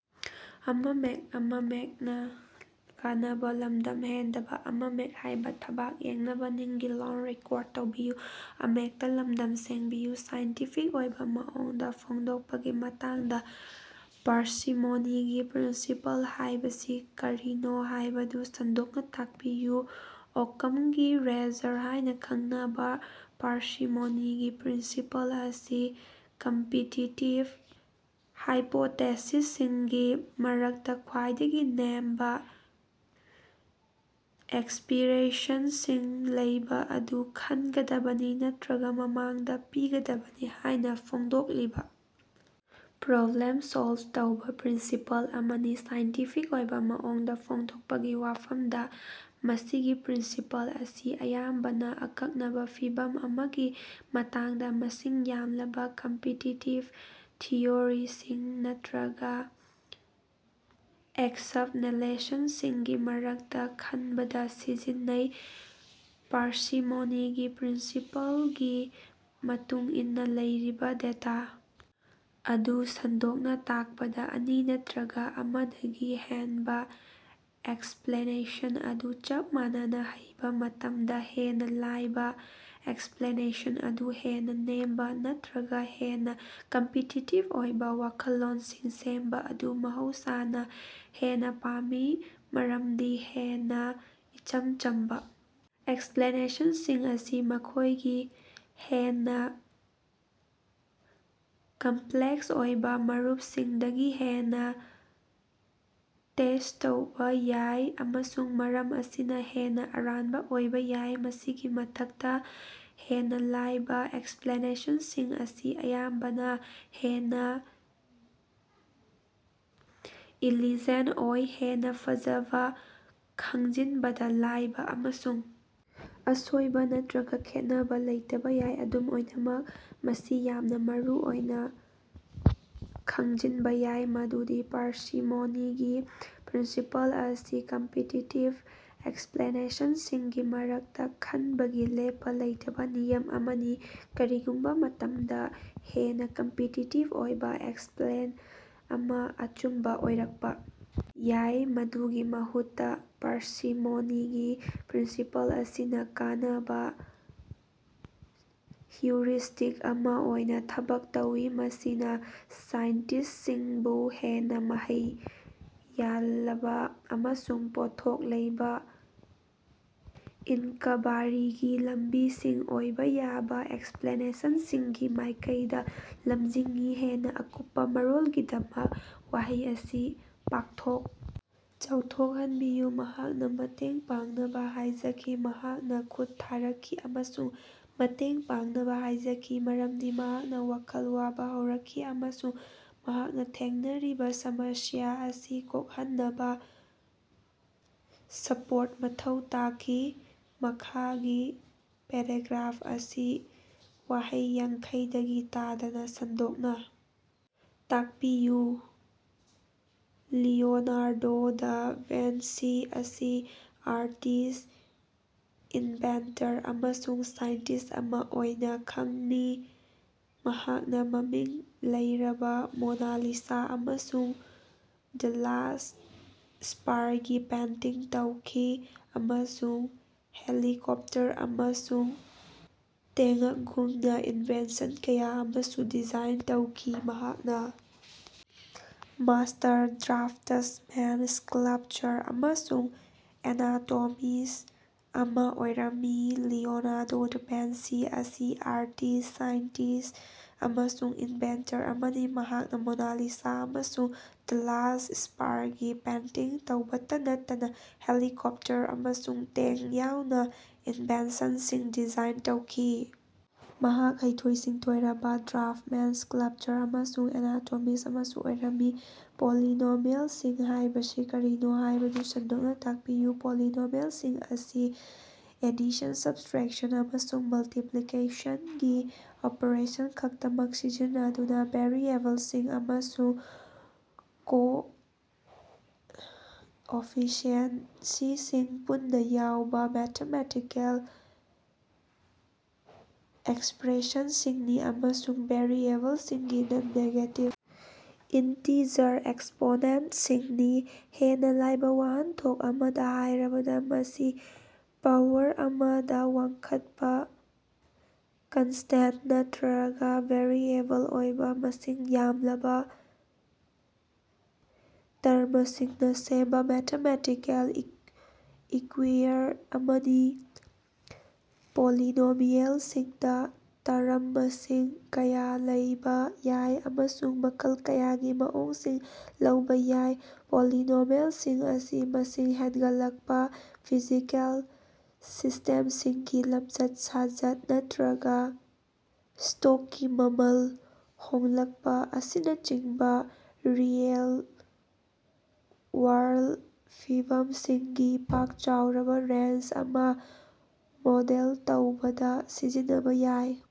Scientific ꯑꯣꯏꯕ ꯃꯑꯣꯡꯗ ꯐꯣꯡꯗꯣꯛꯄꯒꯤ ꯃꯇꯥꯡꯗ ꯄꯥꯔꯁꯤꯃꯣꯅꯤꯒꯤ ꯄ꯭ꯔꯤꯟꯁꯤꯄꯜ ꯍꯥꯏꯕꯁꯤ ꯀꯔꯤꯅꯣ ꯍꯥꯏꯕꯗꯨ ꯁꯟꯗꯣꯛꯅ ꯇꯥꯛꯄꯤꯌꯨ꯫ ꯑꯣꯛꯀꯝꯒꯤ ꯔꯦꯖꯔ ꯍꯥꯏꯅ ꯈꯪꯅꯕꯥ ꯄꯥꯔꯁꯤꯃꯣꯅꯤꯒꯤ ꯄ꯭ꯔꯤꯟꯁꯤꯄꯜ ꯑꯁꯤ ꯀꯝꯄꯤꯇꯤꯇꯤꯕ ꯍꯥꯏꯄꯣꯇꯦꯁꯤꯁꯁꯤꯡꯒꯤ ꯃꯔꯛꯇꯥ ꯈ꯭ꯋꯥꯏꯗꯒꯤ ꯅꯦꯝꯕꯥ ꯑꯦꯁ꯭ꯄꯤꯔꯦꯁꯟꯁꯤꯡ ꯂꯩꯕ ꯑꯗꯨ ꯈꯟꯒꯗꯕꯅꯤ ꯅꯠꯇꯔꯒ ꯃꯃꯥꯡꯗꯥ ꯄꯤꯒꯗꯕꯅꯤ ꯍꯥꯏꯅꯥ ꯐꯣꯡꯗꯣꯛꯂꯤꯕꯥ ꯄ꯭ꯔꯣꯕ꯭ꯂꯦꯝ ꯁꯣꯜꯕ ꯇꯧꯕꯥ ꯄ꯭ꯔꯤꯟꯁꯤꯄꯜ ꯑꯃꯅꯤ꯫ ꯁꯥꯏꯟꯇꯤꯐꯤꯛ ꯑꯣꯏꯕꯥ ꯃꯑꯣꯡꯗ ꯐꯣꯡꯗꯣꯛꯄꯒꯤ ꯋꯥꯐꯝꯗꯥ, ꯃꯁꯤꯒꯤ ꯄ꯭ꯔꯤꯟꯁꯤꯄꯜ ꯑꯁꯤ ꯑꯌꯥꯝꯕꯅꯥ ꯑꯀꯛꯅꯕꯥ ꯐꯤꯚꯝ ꯑꯃꯒꯤ ꯃꯇꯥꯡꯗꯥ ꯃꯁꯤꯡ ꯌꯥꯝꯂꯕꯥ ꯀꯝꯄꯤꯇꯤꯇꯤꯕ ꯊꯤꯑꯣꯔꯤꯁꯤꯡ ꯅꯠꯇꯔꯒꯥ ꯑꯦꯛꯁꯞꯂꯦꯅꯦꯁꯟꯁꯤꯡꯒꯤ ꯃꯔꯛꯇꯥ ꯈꯟꯕꯗꯥ ꯁꯤꯖꯤꯟꯅꯩ꯫ ꯄꯥꯔꯁꯤꯃꯣꯅꯤꯒꯤ ꯄ꯭ꯔꯤꯟꯁꯤꯄꯜꯒꯤ ꯃꯇꯨꯡ ꯏꯟꯅꯥ, ꯂꯩꯔꯤꯕ ꯗꯦꯇꯥ ꯑꯗꯨ ꯁꯟꯗꯣꯛꯅ ꯇꯥꯛꯄꯗ ꯑꯅꯤ ꯅꯠꯇꯔꯒꯥ ꯑꯃꯗꯒꯤ ꯍꯦꯟꯕꯥ ꯑꯦꯛꯁꯄꯂꯦꯅꯦꯁꯟ ꯑꯗꯨ ꯆꯞ ꯃꯥꯟꯅꯅ ꯍꯩꯕꯥ ꯃꯇꯝꯗꯥ, ꯍꯦꯟꯅꯥ ꯂꯥꯏꯕ ꯑꯦꯛꯁꯄꯂꯦꯅꯦꯁꯟ ꯑꯗꯨ ꯍꯦꯟꯅ ꯅꯦꯝꯕ ꯅꯠꯇꯔꯒꯥ ꯍꯦꯟꯅꯥ ꯀꯝꯄꯤꯇꯤꯇꯤꯕ ꯑꯣꯏꯕꯥ ꯋꯥꯈꯜꯂꯣꯟꯁꯤꯡ ꯁꯦꯝꯕꯥ ꯑꯗꯨ ꯃꯍꯧꯁꯥꯅꯥ ꯍꯦꯟꯅꯥ ꯄꯥꯝꯃꯤ꯫ ꯃꯔꯃꯗꯤ ꯍꯦꯟꯅꯥ ꯏꯆꯝ ꯆꯝꯕꯥ ꯑꯦꯛꯁꯄ꯭ꯂꯦꯅꯦꯁꯟꯁꯤꯡ ꯑꯁꯤ ꯃꯈꯣꯏꯒꯤ ꯍꯦꯟꯅꯥ ꯀꯝꯄꯂꯦꯛꯁ ꯑꯣꯏꯕꯥ ꯃꯔꯨꯞꯁꯤꯡꯗꯒꯤ ꯍꯦꯟꯅꯥ ꯇꯦꯁꯠ ꯇꯧꯕꯥ ꯌꯥꯏ, ꯑꯃꯁꯨꯡ ꯃꯔꯝ ꯑꯁꯤꯅꯥ ꯍꯦꯟꯅꯥ ꯑꯔꯥꯟꯕꯥ ꯑꯣꯏꯕꯥ ꯌꯥꯏ꯫ ꯃꯁꯤꯒꯤ ꯃꯊꯛꯇꯥ, ꯍꯦꯟꯅꯥ ꯂꯥꯏꯕꯥ ꯑꯦꯛꯁꯄ꯭ꯂꯦꯅꯦꯁꯟꯁꯤꯡ ꯑꯁꯤ ꯑꯌꯥꯝꯕꯅꯥ ꯍꯦꯟꯅꯥ ꯏꯂꯤꯖꯦꯟꯇ ꯑꯣꯏ, ꯍꯦꯟꯅꯥ ꯐꯖꯅ ꯈꯪꯖꯤꯟꯕꯗꯥ ꯂꯥꯏꯕ ꯑꯃꯁꯨꯡ ꯑꯁꯣꯏꯕꯥ ꯅꯠꯇꯔꯒꯥ ꯈꯦꯠꯅꯕꯥ ꯂꯩꯇꯕꯥ ꯌꯥꯏ꯫ ꯑꯗꯨꯝ ꯑꯣꯏꯅꯃꯛ, ꯃꯁꯤ ꯌꯥꯝꯅꯥ ꯃꯔꯨꯑꯣꯏꯅꯥ ꯈꯪꯖꯤꯅꯕ ꯌꯥꯏ ꯃꯗꯨꯗꯤ ꯄꯥꯔꯁꯤꯃꯣꯅꯤꯒꯤ ꯄ꯭ꯔꯤꯟꯁꯤꯄꯜ ꯑꯁꯤ ꯀꯝꯄꯤꯇꯤꯇꯤꯕ ꯑꯦꯛꯁꯄꯂꯦꯅꯦꯁꯟꯁꯤꯡꯒꯤ ꯃꯔꯛꯇꯥ ꯈꯟꯕꯒꯤ ꯂꯦꯞꯄꯥ ꯂꯩꯇꯕꯥ ꯅꯤꯌꯝ ꯑꯃꯅꯤ꯫ ꯀꯔꯤꯒꯨꯝꯕꯥ ꯃꯇꯝꯗꯥ, ꯍꯦꯟꯅꯥ ꯀꯝꯄꯤꯇꯤꯇꯤꯕ ꯑꯣꯏꯕꯥ ꯑꯦꯛꯁꯄꯂꯦꯟ ꯑꯃꯥ ꯑꯆꯨꯝꯕꯥ ꯑꯣꯏꯔꯛꯄꯥ ꯌꯥꯏ꯫ ꯃꯗꯨꯒꯤ ꯃꯍꯨꯠꯇꯥ, ꯄꯥꯔꯁꯤꯃꯣꯅꯤꯒꯤ ꯄ꯭ꯔꯤꯟꯁꯤꯄꯜ ꯑꯁꯤꯅ ꯀꯥꯟꯅꯕ ꯍꯤꯎꯔꯤꯁꯇꯤꯛ ꯑꯃꯥ ꯑꯣꯏꯅꯥ ꯊꯕꯛ ꯇꯧꯏ, ꯃꯁꯤꯅꯥ ꯁꯥꯏꯟꯇꯤꯁꯇꯁꯤꯡꯕꯨ ꯍꯦꯟꯅꯥ ꯃꯍꯩ ꯌꯥꯜꯂꯕꯥ ꯑꯃꯁꯨꯡ ꯄꯣꯠꯊꯣꯛ ꯂꯩꯕꯥ ꯏꯟꯀꯕꯥꯔꯤꯒꯤ ꯂꯝꯕꯤꯁꯤꯡ ꯑꯣꯏꯕ ꯌꯥꯕ ꯑꯦꯛꯁꯄꯂꯦꯅꯦꯁꯟꯁꯤꯡꯒꯤ ꯃꯥꯏꯀꯩꯗꯥ ꯂꯝꯖꯤꯡꯏ꯫ ꯍꯦꯟꯅꯥ ꯑꯀꯨꯞꯄꯥ ꯃꯔꯣꯂꯒꯤꯗꯃꯛ ꯋꯥꯍꯩ ꯑꯁꯤ ꯄꯥꯛꯊꯣꯛ ꯆꯥꯎꯊꯣꯛꯍꯟꯕꯤꯌꯨ꯫ ꯃꯍꯥꯛꯅꯥ ꯃꯇꯦꯡ ꯄꯥꯡꯅꯕꯥ ꯍꯥꯏꯖꯈꯤ꯫ ꯃꯍꯥꯛꯅꯥ ꯈꯨꯠ ꯊꯥꯔꯛꯈꯤ ꯑꯃꯁꯨꯡ ꯃꯇꯦꯡ ꯄꯥꯡꯅꯕꯥ ꯍꯥꯏꯖꯈꯤ ꯃꯔꯝꯗꯤ ꯃꯍꯥꯛꯅꯥ ꯋꯥꯈꯜ ꯋꯥꯕꯥ ꯍꯧꯔꯛꯈꯤ ꯑꯃꯁꯨꯡ ꯃꯍꯥꯛꯅꯥ ꯊꯦꯡꯅꯔꯤꯕꯥ ꯁꯃꯁ꯭ꯌꯥ ꯑꯁꯤ ꯀꯣꯛꯍꯟꯅꯕꯥ ꯁꯄꯣꯔꯠ ꯃꯊꯧ ꯇꯥꯈꯤ꯫ ꯃꯈꯥꯒꯤ ꯄꯦꯔꯥꯒ꯭ꯔꯥꯐ ꯑꯁꯤ ꯋꯥꯍꯩ ꯌꯥꯡꯈꯩꯗꯒꯤ ꯇꯥꯗꯅꯥ ꯁꯟꯗꯣꯛꯅꯥ ꯇꯥꯛꯄꯤꯌꯨ: "ꯂꯤꯑꯣꯅꯥꯔꯗꯣ ꯗꯥ ꯚꯤꯟꯁꯤ ꯑꯁꯤ ꯑꯥꯔꯇꯤꯁꯠ, ꯏꯟꯚꯦꯟꯇꯔ ꯑꯃꯁꯨꯡ ꯁꯥꯏꯟꯇꯤꯁꯠ ꯑꯃꯥ ꯑꯣꯏꯅꯥ ꯈꯪꯅꯤ꯫ ꯃꯍꯥꯛꯅꯥ ꯃꯃꯤꯡ ꯂꯩꯔꯕꯥ ꯃꯣꯅꯥ ꯂꯤꯁꯥ ꯑꯃꯁꯨꯡ ꯗ ꯂꯥꯁ꯭ꯠ ꯁꯄꯥꯔꯒꯤ ꯄꯦꯟꯇꯤꯡ ꯇꯧꯈꯤ, ꯑꯃꯁꯨꯡ ꯍꯦꯂꯤꯀꯣꯞꯇꯔ ꯑꯃꯁꯨꯡ ꯇꯦꯉ꯭ꯛꯒꯨꯝꯕꯥ ꯏꯅꯚꯦꯟꯁꯟ ꯀꯌꯥ ꯑꯃꯁꯨ ꯗꯤꯖꯥꯏꯟ ꯇꯧꯈꯤ꯫ ꯃꯍꯥꯛꯅꯥ꯫ ꯃꯥꯁ꯭ꯇꯔ ꯗ꯭ꯔꯥꯐꯇꯁꯃꯦꯟ, ꯁ꯭ꯀꯥꯂꯄꯆꯥꯔ ꯑꯃꯁꯨꯡ ꯑꯦꯅꯥꯇꯣꯃꯤꯁꯠ ꯑꯃꯥ ꯑꯣꯏꯔꯝꯃꯤ꯫" ꯂꯤꯑꯣꯅꯥꯔꯗꯣ ꯗꯥ ꯚꯤꯟꯁꯤ ꯑꯁꯤ ꯑꯥꯔꯇꯤꯁꯠ, ꯁꯥꯏꯟꯇꯤꯁꯠ ꯑꯃꯁꯨꯡ ꯏꯟꯚꯦꯟꯇꯔ ꯑꯃꯅꯤ, ꯃꯍꯥꯛꯅꯥ ꯃꯣꯅꯥ ꯂꯤꯁꯥ ꯑꯃꯁꯨꯡ ꯗ ꯂꯥꯁꯠ ꯁꯄꯥꯔꯒꯤ ꯄꯦꯟꯇꯤꯡ ꯇꯧꯕꯇꯥ ꯅꯠꯇꯅꯥ ꯍꯦꯂꯤꯀꯣꯞꯇꯔ ꯑꯃꯁꯨꯡ ꯇꯦꯡꯀ ꯌꯥꯎꯅ ꯏꯟꯚꯦꯟꯁꯟꯁꯤꯡ ꯗꯤꯖꯥꯏꯟ ꯇꯧꯈꯤ꯫ ꯃꯍꯥꯛ ꯍꯩꯊꯣꯏ-ꯁꯤꯡꯊꯣꯏꯔꯕꯥ ꯗ꯭ꯔꯥꯐ꯭ꯇꯃꯦꯟ, ꯁ꯭ꯀꯥꯂꯄꯆꯥꯔ ꯑꯃꯁꯨꯡ ꯑꯦꯅꯥꯇꯣꯃꯤꯁꯠ ꯑꯃꯁꯨ ꯑꯣꯏꯔꯝꯃꯤ꯫ ꯄꯣꯂꯤꯅꯣꯃꯤꯑꯦꯜꯁꯤꯡ ꯍꯥꯏꯕꯁꯤ ꯀꯔꯤꯅꯣ ꯍꯥꯏꯕꯗꯨ ꯁꯟꯗꯣꯛꯅꯥ ꯇꯥꯛꯄꯤꯌꯨ꯫ ꯄꯣꯂꯤꯅꯣꯃꯤꯑꯦꯜꯁꯤꯡ ꯑꯁꯤ ꯑꯦꯗꯤꯁꯟ, ꯁꯕꯇꯔꯦꯛꯁꯟ, ꯑꯃꯁꯨꯡ ꯃꯜꯇꯤꯄꯂꯦꯁꯅꯒꯤ ꯑꯣꯄꯔꯦꯁꯟ ꯈꯛꯇꯃꯛ ꯁꯤꯖꯤꯟꯅꯗꯨꯅꯥ ꯚꯦꯔꯤꯑꯦꯕꯜꯁꯤꯡ ꯑꯃꯁꯨꯡ ꯀꯣꯑꯣꯐꯤꯁꯤꯑꯦꯟꯁꯤꯁꯤꯡ ꯄꯨꯟꯅꯥ ꯌꯥꯎꯕꯥ ꯃꯦꯊꯃꯦꯇꯤꯀꯦꯜ ꯑꯦꯛꯁꯞꯔꯦꯁꯟꯁꯤꯡꯅꯤ, ꯑꯃꯁꯨꯡ ꯚꯦꯔꯤꯑꯦꯕꯜꯁꯤꯡꯒꯤ ꯅꯟ-ꯅꯦꯒꯦꯇꯤꯕ ꯏꯟꯇꯤꯖꯔ ꯑꯦꯛꯁꯄꯣꯅꯦꯟꯇꯁꯤꯡꯅꯤ꯫ ꯍꯦꯟꯅꯥ ꯂꯥꯏꯕꯥ ꯋꯥꯍꯟꯊꯣꯛ ꯑꯃꯗꯥ ꯍꯥꯏꯔꯕꯗꯥ, ꯃꯁꯤ ꯄꯥꯋꯔ ꯑꯃꯗꯥ ꯋꯥꯡꯈꯠꯄꯥ ꯀꯟꯁꯇꯦꯟꯇ ꯅꯠꯇꯔꯒꯥ ꯚꯦꯔꯤꯑꯦꯕꯜ ꯑꯣꯏꯕꯥ ꯃꯁꯤꯡ ꯌꯥꯝꯂꯕꯥ ꯇꯔꯃꯁꯤꯡꯅꯥ ꯁꯦꯝꯕꯥ ꯃꯦꯊꯃꯦꯇꯤꯀꯦꯜ ꯏꯀ꯭ꯌꯨꯏꯌꯔ ꯑꯃꯅꯤ꯫ ꯄꯣꯂꯤꯅꯣꯃꯤꯑꯦꯜꯁꯤꯡꯗꯥ ꯇꯔꯝ ꯃꯁꯤꯡ ꯀꯌꯥ ꯂꯩꯕꯥ ꯌꯥꯏ ꯑꯃꯁꯨꯡ ꯃꯈꯜ ꯀꯌꯥꯒꯤ ꯃꯑꯣꯡꯁꯤꯡ ꯂꯧꯕꯥ ꯌꯥꯏ꯫ ꯄꯣꯂꯤꯅꯣꯃꯤꯑꯦꯂꯁꯤꯡ ꯑꯁꯤ ꯃꯤꯁꯤꯡ ꯍꯦꯟꯒꯠꯂꯛꯄꯥ, ꯐꯤꯖꯤꯀꯦꯜ ꯁꯤꯁꯇꯦꯝꯁꯤꯡꯒꯤ ꯂꯝꯆꯠ-ꯁꯥꯖꯠ ꯅꯠꯇꯔꯒꯥ ꯁ꯭ꯇꯣꯛꯀꯤ ꯃꯃꯜ ꯍꯣꯡꯂꯀꯄꯥ ꯑꯁꯤꯅꯆꯤꯡꯕꯥ ꯔꯤꯑꯦꯜ-ꯋꯥꯔꯜꯗ ꯐꯤꯚꯝꯁꯤꯡꯒꯤ ꯄꯥꯛ-ꯆꯥꯎꯔꯕꯥ ꯔꯦꯟꯖ ꯑꯃ ꯃꯣꯗꯦꯜ ꯇꯧꯕꯗ ꯁꯤꯖꯤꯟꯅꯕꯥ ꯌꯥꯏ꯫।